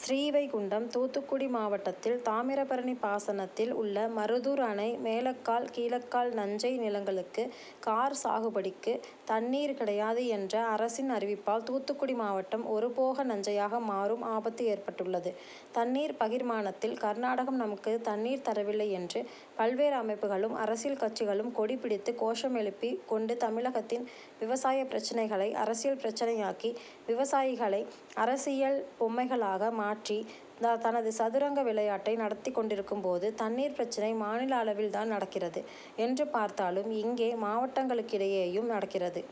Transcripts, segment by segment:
ஸ்ரீவைகுண்டம் தூத்துக்குடி மாவட்டத்தில் தாமிரபரணி பாசனத்தில் உள்ள மருதூர் அணை மேலக்கால் கீழக்கால் நஞ்சை நிலங்களுக்கு கார் சாகுபடிக்கு தண்ணீர் கிடையாது என்ற அரசின் அறிவிப்பால் தூத்துக்குடி மாவட்டம் ஒருபோக நஞ்சையாக மாறும் ஆபத்து ஏற்பட்டுள்ளது. தண்ணீர் பகிர்மானத்தில் கர்நாடகம் நமக்கு தண்ணீர் தரவில்லை என்று பல்வேறு அமைப்புகளும், அரசியல்கட்சிகளும் கொடி பிடித்து கோஷம் எழுப்பி கொண்டு தமிழகத்தின் விவசாய பிரச்னைகளை அரசியல் பிரச்னையாக்கி, விவசாயிகளை அரசியல் பொம்மைகளாக மாற்றி தனது சதுரங்க விளையாட்டை நடத்தி கொண்டிருக்கும் போது தண்ணீர் பிரச்னை மாநில அளவில்தான் நடக்கிறது என்று பார்த்தாலும் இங்கே மாவட்டங்களுக்கிடையேயும் நடக்கிறது.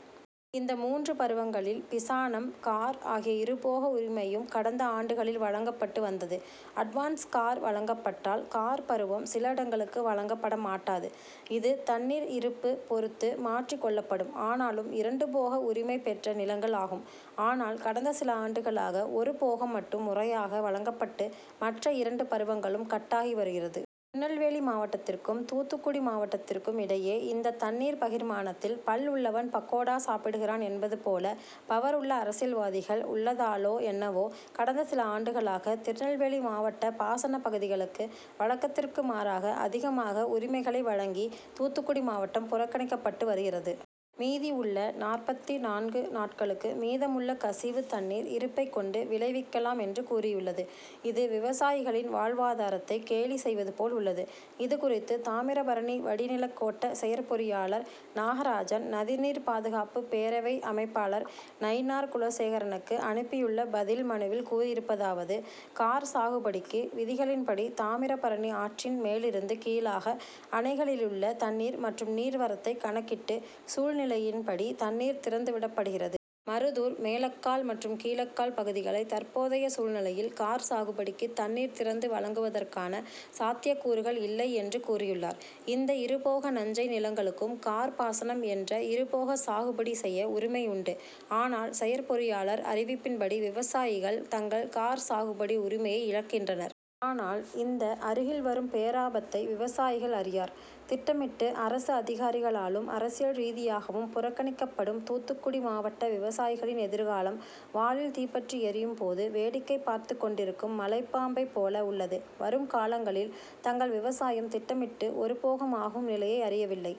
இந்த மூன்று பருவங்களில் பிசானம், கார் ஆகிய இருபோக உரிமையும் கடந்த ஆண்டுகளில் வழங்கப்பட்டு வந்தது. அட்வான்ஸ் கார் வழங்கப்பட்டால் கார்பருவம் சில இடங்களுக்கு வழங்க படமாட்டாது. இது தண்ணீர் இருப்பு பொறுத்து மாற்றி கொள்ளப்படும். ஆனாலும் இரண்டுபோக உரிமை பெற்ற நிலங்கள் ஆகும். ஆனால் கடந்த சில ஆண்டுகளாக ஒரு போகம் மட்டும் முறையாக வழங்கப்பட்டு மற்ற இரண்டு பருவங்களும் கட்டாகி வருகிறது. திருநெல்வேலி மாவட்டத்திற்கும், தூத்துக்குடி மாவட்டத்திற்கும் இடையே இந்த தண்ணீர் பகிர்மானத்தில் பல் உள்ளவன் பக்கோடா சாப்பிடுகிறான் என்பது போல பவர் உள்ள அரசியல்வாதிகள் உள்ளதாலோ என்னவோ கடந்த சில ஆண்டுகளாக திருநெல்வேலி மாவட்ட பாசன பகுதிகளுக்கு வழக்கத்திற்கு மாறாக அதிகமாக உரிமைகளை வழங்கி தூத்துக்குடி மாவட்டம் புறக்கணிக்கப்பட்டு வருகிறது. மீதி உள்ள நாற்பத்து நான்கு நாட்களுக்கு மீதமுள்ள கசிவு தண்ணீர் இருப்பைக் கொண்டு விளைவிக்கலாம் என்று கூறியுள்ளது. இது விவசாயிகளின் வாழ்வாதாரத்தை கேலி செய்வது போல் உள்ளது. இதுகுறித்து தாமிரபரணி வடிநிலக்கோட்ட செயற்பொறியாளர் நாகராஜன், நதிநீர் பாதுகாப்பு பேரவை அமைப்பாளர் நயினார் குலசேகரனுக்கு அனுப்பியுள்ள பதில் மனுவில் கூறியிருப்பதாவது, கார் சாகுபடிக்கு விதிகளின்படி தாமிரபரணி ஆற்றின் மேலிருந்து கீழாக அணைகளிலுள்ள தண்ணீர் மற்றும் நீர் வரத்தை கணக்கிட்டு சூழ்நிலையின்படி தண்ணீர் திறந்துவிடப்படுகிறது. மருதூர் மேலக்கால் மற்றும் கீழக்கால் பகுதிகளை தற்போதைய சூழ்நிலையில் கார் சாகுபடிக்கு தண்ணீர் திறந்து வழங்குவதற்கான சாத்திய கூறுகள் இல்லை என்று கூறியுள்ளார். இந்த இருபோக நஞ்சை நிலங்களுக்கும் கார் பாசனம் என்ற இருபோக சாகுபடி செய்ய உரிமை உண்டு. ஆனால் செயற் பொறியாளர் அறிவிப்பின்படி விவசாயிகள் தங்கள் கார்சாகுபடி உரிமையை இழக்கின்றனர். ஆனால் இந்த அருகில் வரும் பேராபத்தை விவசாயிகள் அறியார். திட்டமிட்டு அரசு அதிகாரிகளாலும், அரசியல் ரீதியாகவும் புறக்கணிக்கப்படும் தூத்துக்குடி மாவட்ட விவசாயிகளின் எதிர்காலம் வாலில் தீப்பற்றி எரியும் போது வேடிக்கை பார்த்துக் கொண்டிருக்கும் மலைப்பாம்பை போல உள்ளது. வரும் காலங்களில் தங்கள் விவசாயம் திட்டமிட்டு ஒருபோகம் ஆகும் நிலையை அறியவில்லை.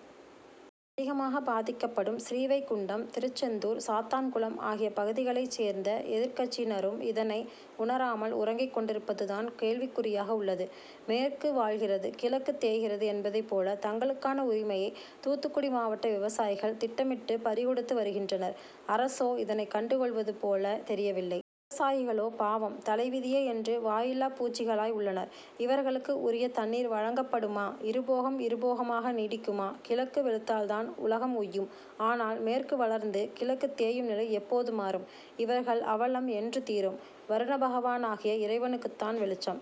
அதிகமாக பாதிக்கப்படும் ஸ்ரீவைகுண்டம், திருச்செந்தூர், சாத்தான்குளம் ஆகிய பகுதிகளைச் சேர்ந்த எதிர்கட்சியினரும் இதனை உணராமல் உறங்கிக் கொண்டிருப்பதுதான் கேள்விக் குறியாக உள்ளது. மேற்கு வாழ்கிறது, கிழக்கு தேய்கிறது என்பதை போல தங்களுக்கான உரிமையை தூத்துக்குடி மாவட்ட விவசாயிகள் திட்டமிட்டு பறிகொடுத்து வருகின்றனர். அரசோ இதனைக் கண்டு கொள்வது போல தெரியவில்லை. விவசாயிகளோ பாவம் தலைவிதியே என்று வாயில்லா பூச்சிகளாய் உள்ளனர். இவர்களுக்கு உரிய தண்ணீர் வழங்கப்படுமா? இருபோகம் இருபோகமாக நீடிக்குமா? கிழக்கு வெளுத்தால்தான் உலகம் உய்யும். ஆனால் மேற்கு வளர்ந்து கிழக்கு தேயும் நிலை எப்போது மாறும். இவர்கள் அவலம் என்று தீரும். வருணபகவானாகிய இறைவனுக்குதான் வெளிச்சம்.